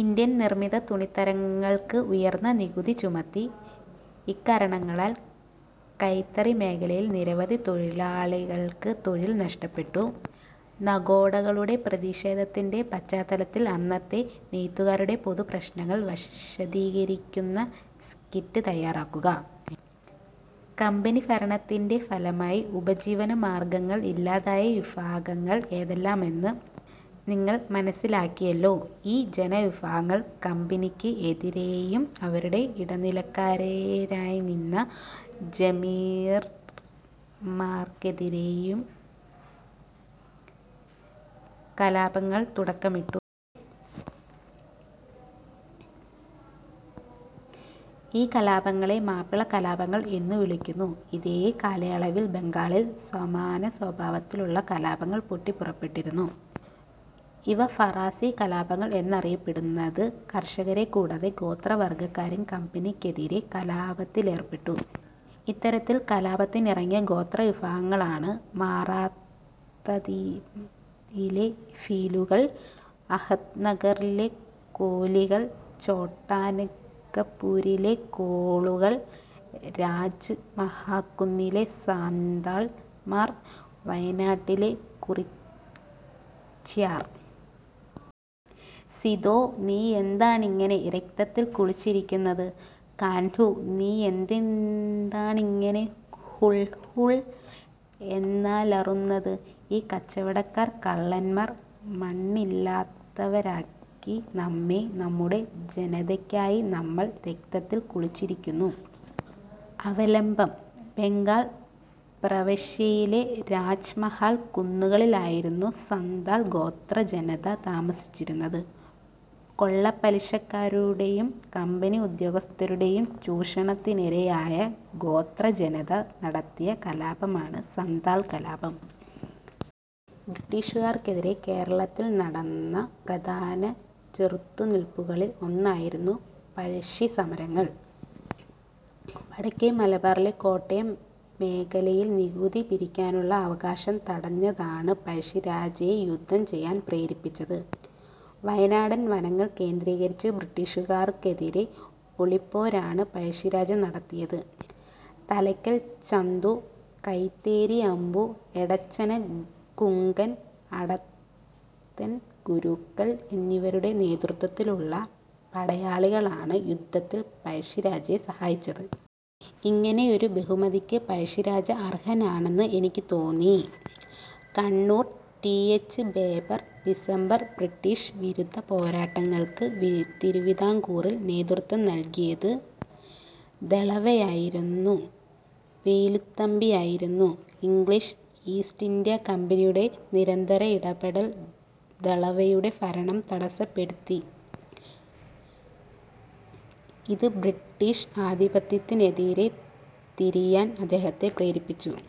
Indian നിർമ്മിത തുണിത്തരങ്ങൾക്ക് ഉയർന്ന നികുതി ചുമത്തി. ഇക്കാരണങ്ങളാൽ കൈത്തറി മേഖലയിൽ നിരവധി തൊഴിലാളികൾക്ക് തൊഴിൽ നഷ്ടപ്പെട്ടു. നഗോഡകളുടെ പ്രതിഷേധത്തിന്റെ പശ്ചാത്തലത്തിൽ അന്നത്തെ നെയ്ത്തുകാരുടെ പൊതുപ്രശ്നങ്ങൾ വിശദീകരിക്കുന്ന സ്കിറ്റ് തയ്യാറാക്കുക. കമ്പനിഭരണത്തിന്റെ ഫലമായി ഉപജീവനമാർഗ്ഗങ്ങൾ ഇല്ലാതായ വിഭാഗങ്ങൾ ഏതെല്ലാമെന്ന് നിങ്ങൾ മനസ്സിലാക്കിയല്ലോ. ഈ ജനവിഭാഗങ്ങൾ കമ്പനിക്ക് എതിരെയും അവരുടെ ഇടനിലക്കാരായിനിന്ന ജമീന്ദാർമാർക്കെതിരെയും കലാപങ്ങൾക്ക് തുടക്കമിട്ടു. ഈ കലാപങ്ങളെ മാപ്പിളകലാപങ്ങൾ എന്നു വിളിക്കുന്നു. ഇതേ കാലയളവിൽ ബംഗാളിൽ സമാനസ്വഭാവത്തിലുള്ള കലാപങ്ങൾ പൊട്ടിപ്പുറപ്പെട്ടിരുന്നു. ഇവ ഫറാസി കലാപങ്ങൾ എന്നാണറിയപ്പെടുന്നത്. കർഷകരെ കൂടാതെ ഗോത്രവർഗ്ഗക്കാരും കമ്പനിക്കെതിരെ കലാപത്തിലേർപ്പെട്ടു. ഇത്തരത്തിൽ കലാപത്തിനിറങ്ങിയ ഗോത്രവിഭാഗങ്ങളാണ്. മറാത്തയിലെ ഭീലുകൾ, അഹമ്മദ്നഗറിലെ കോലികൾ, ഛോട്ടാനാഗ്പൂരിലെ കോളുകൾ, രാജ്മഹൽകുന്നിലെ സാന്താൾ മാർ, വയനാട്ടിലെ കുറിച്യർ. സിദോ, നീയെന്താണിങ്ങനെ രക്തത്തിൽക്കുളിച്ചിരിക്കുന്നത്? കാൻഹു, നീയെന്താണിങ്ങനെ ഹൂൾ ഹൂൾ എന്നലറുന്നത്? ഈ കച്ചവടക്കാർ, കള്ളന്മാർ മണ്ണില്ലാത്തവരാക്കി നമ്മെ. നമ്മുടെ ജനതയ്ക്കായി നമ്മൾ രക്തത്തിൽക്കുളിച്ചിരിക്കുന്നു. അവലംബം: ബംഗാൾ പ്രവിശ്യയിലെ രാജ്മഹൽ കുന്നുകളിലായിരുന്നു സാന്താൾ ഗോത്രജനത താമസിച്ചിരുന്നത്. കൊള്ളപ്പലിശക്കാരുടെയും കമ്പനി ഉദ്യോഗസ്ഥൻമാരുടെയും ചൂഷണത്തിനിരയായ ഗോത്രജനത നടത്തിയ കലാപമാണ് സാന്താൾ കലാപം. ബ്രിട്ടീഷുകാർക്കെതിരെ കേരളത്തിൽ നടന്ന പ്രധാന ചെറുത്തുനിൽപ്പുകളിൽ ഒന്നായിരുന്നു പഴശ്ശി സമരങ്ങൾ. വടക്കെ മലബാറിലെ കോട്ടയം മേഖലയിൽ നികുതി പിരിക്കാനുള്ള അവകാശം തടഞ്ഞതാണ് പഴശ്ശിരാജയെ യുദ്ധം ചെയ്യാൻ പ്രേരിപ്പിച്ചത്. വയനാടൻ വനങ്ങൾ കേന്ദ്രീകരിച്ച് ബ്രിട്ടീഷുകാർക്കെതിരെ ഒളിപ്പോരാണ് പഴശ്ശിരാജ നടത്തിയത്. തലയ്ക്കൽ ചന്തു, കൈതേരി അമ്പു, എടച്ചന കുങ്കൻ, അത്തൻ ഗുരുക്കൾ എന്നിവരുടെ നേതൃത്വത്തിലുള്ള പടയാളികളാണ് യുദ്ധത്തിൽ പഴശ്ശിരാജയെ സഹായിച്ചത്. ഇങ്ങനെയൊരു ബഹുമതിക്ക് പഴശ്ശിരാജ അർഹനാണെന്ന് എനിക്ക് തോന്നി... Kannur, T. H. Baber December. British വിരുദ്ധ പോരാട്ടങ്ങൾക്ക് തിരുവിതാംകൂറിൽ നേതൃത്വം നൽകിയത് ദളവയായിരുന്ന വേലുത്തമ്പി ആയിരുന്നു. ഇംഗ്ലീഷ് ഈസ്റ്റിന്ത്യാകമ്പനിയുടെ നിരന്തര ഇടപെടൽ ദളവയുടെ ഭരണം തടസ്സപ്പെടുത്തി. ഇത് ബ്രിട്ടീഷ് ആധിപത്യത്തിനെതിരെ തിരിയാൻ അദ്ദേഹത്തെ പ്രേരിപ്പിച്ചു.